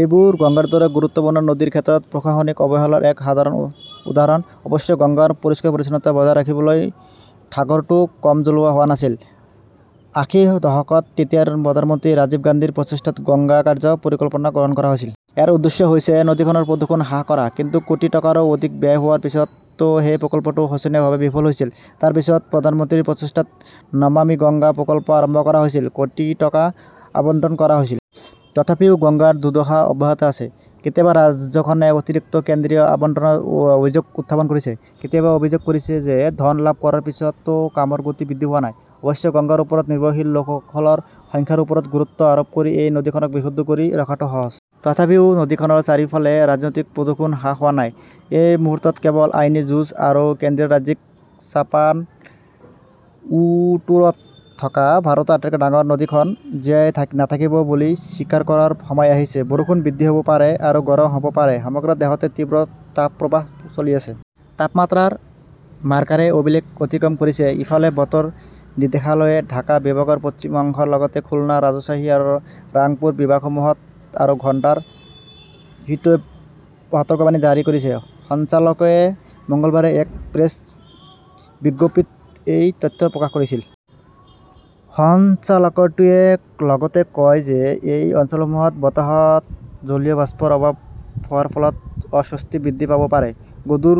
এইবোৰ গংগাৰ দৰে গুৰুত্বপূৰ্ণ নদীৰ ক্ষেত্ৰত প্ৰশাসনিক অৱহেলাৰ এক সাধাৰণ উদাহৰণ। অৱশ্যে, গংগাৰ পৰিষ্কাৰ-পৰিচ্ছন্নতা বজাই ৰাখিবলৈ ঢাকৰটো কম জ্বলোৱা হোৱা নাছিল। আশী দশকত তেতিয়াৰ প্ৰধানমন্ত্ৰী ৰাজীৱ গান্ধীৰ প্ৰচেষ্টাত গংগা কাৰ্য্য পৰিকল্পনা গ্ৰহণ কৰা হৈছিল। ইয়াৰ উদ্দেশ্য হৈছে নদীখনৰ প্ৰদূষণ হ্ৰাস কৰা। কিন্তু কোটি টকাৰো অধিক ব্যয় হোৱাৰ পিছতো সেই প্ৰকল্পটো শোচনীয়ভাৱে বিফল হৈছিল। তাৰ পিছত প্ৰধানমন্ত্ৰীৰ প্ৰচেষ্টাত 'নমামী গংগা' প্ৰকল্প আৰম্ভ কৰা হৈছিল। কোটি টকা আবণ্টন কৰা হৈছিল। তথাপিও গংগাৰ দুৰ্দশা অব্যাহত আছে। কেতিয়াবা ৰাজ্যখনে অতিৰিক্ত কেন্দ্ৰীয় আবণ্টনৰ অভিযোগ উত্থাপন কৰিছে, কেতিয়াবা অভিযোগ কৰিছে যে ধন লাভ কৰাৰ পিছতো কামৰ গতি বৃদ্ধি হোৱা নাই। অৱশ্যে, গংগাৰ ওপৰত নিৰ্ভৰশীল লোকসকলৰ সংখ্যাৰ ওপৰত গুৰুত্ব আৰোপ কৰি এই নদীখনক বিশুদ্ধ কৰি ৰখাটো সহজ। তথাপিও নদীখনৰ চাৰিওফালে ৰাজনৈতিক প্ৰদূষণ হ্ৰাস হোৱা নাই। এই মুহূৰ্তত কেৱল আইনী যুঁজ আৰু কেন্দ্ৰীয়-ৰাজ্যিক চাপানউটোৰত থকা ভাৰতৰ আটাইতকৈ ডাঙৰ নদীখন জীয়াই নাথাকিব বুলি স্বীকাৰ কৰাৰ সময় আহিছে। বৰষুণ বৃদ্ধি হ'ব পাৰে আৰু গৰম হ'ব পাৰে সমগ্ৰ দেশতে তীব্ৰ তাপপ্ৰৱাহ চলি আছে। তাপমাত্ৰাৰ মাৰ্কাৰে অভিলেখ অতিক্ৰম কৰিছে। ইফালে, বতৰ নিৰ্দেশালয়ে ঢাকা বিভাগৰ পশ্চিম অংশৰ লগতে খুলনা, ৰাজশ্বাহী আৰু ৰাংপুৰ বিভাগসমূহত আৰু ঘণ্টাৰ হিটৱেভ সতৰ্কবাণী জাৰি কৰিছে। সঞ্চালকালয়ে মঙলবাৰে এক প্ৰেছ বিজ্ঞপ্তিত এই তথ্য প্ৰকাশ কৰিছিল। সঞ্চালকালয়টোৱে লগতে কয় যে এই অঞ্চলসমূহত বতাহত জলীয় বাষ্পৰ অভাৱ হোৱাৰ ফলত অস্বস্তি বৃদ্ধি পাব পাৰে। গধুৰ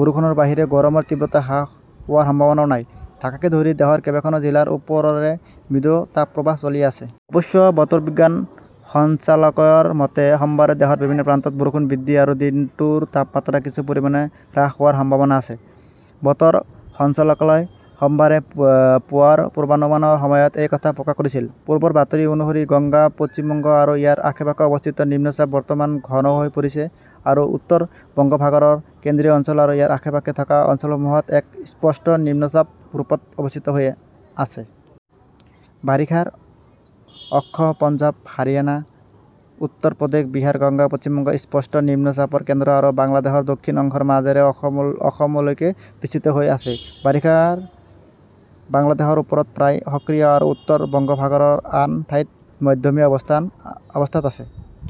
বৰষুণৰ বাহিৰে গৰমৰ তীব্ৰতা হ্ৰাস হোৱাৰ সম্ভাৱনাও নাই। ঢাকাকে ধৰি দেশৰ কেইখনমান জিলাৰ ওপৰেৰে মৃদু তাপপ্ৰৱাহ চলি আছে। অৱশ্যে বতৰ বিজ্ঞান সঞ্চালকালয়ৰ মতে, সোমবাৰে দেশৰ বিভিন্ন প্ৰান্তত বৰষুণ বৃদ্ধি আৰু দিনটোৰ তাপমাত্ৰা কিছু পৰিমাণে হ্ৰাস হোৱাৰ সম্ভাৱনা আছে। বতৰ সঞ্চালকালয়ই সোমবাৰে পুৱাৰ পূৰ্বানুমানৰ সময়ত এই কথা প্ৰকাশ কৰিছিল। পূৰ্বৰ বাতৰি অনুসৰি, গংগা পশ্চিম বংগ আৰু ইয়াৰ আশে-পাশে অৱস্থিত নিম্নচাপ বৰ্তমান ঘন হৈ পৰিছে আৰু উত্তৰ বংগোপসাগৰৰ কেন্দ্ৰীয় অঞ্চল আৰু ইয়াৰ আশে-পাশে থকা অঞ্চলসমূহত এক স্পষ্ট নিম্নচাপ ৰূপত অৱস্থিত হৈ আছে। বাৰিষাৰ অক্ষ পঞ্জাৱ, হাৰিয়ানা, উত্তৰ প্ৰদেশ, বিহাৰ, গংগা পশ্চিম বংগ, স্পষ্ট নিম্নচাপৰ কেন্দ্ৰ আৰু বাংলাদেশৰ দক্ষিণ অংশৰ মাজেৰে অসমলৈকে বিস্তৃত হৈ আছে। বাৰিষা বাংলাদেশৰ ওপৰত প্ৰায় সক্ৰিয় আৰু উত্তৰ বংগোপসাগৰৰ আন ঠাইত মধ্যমীয়া অৱস্থাত আছে।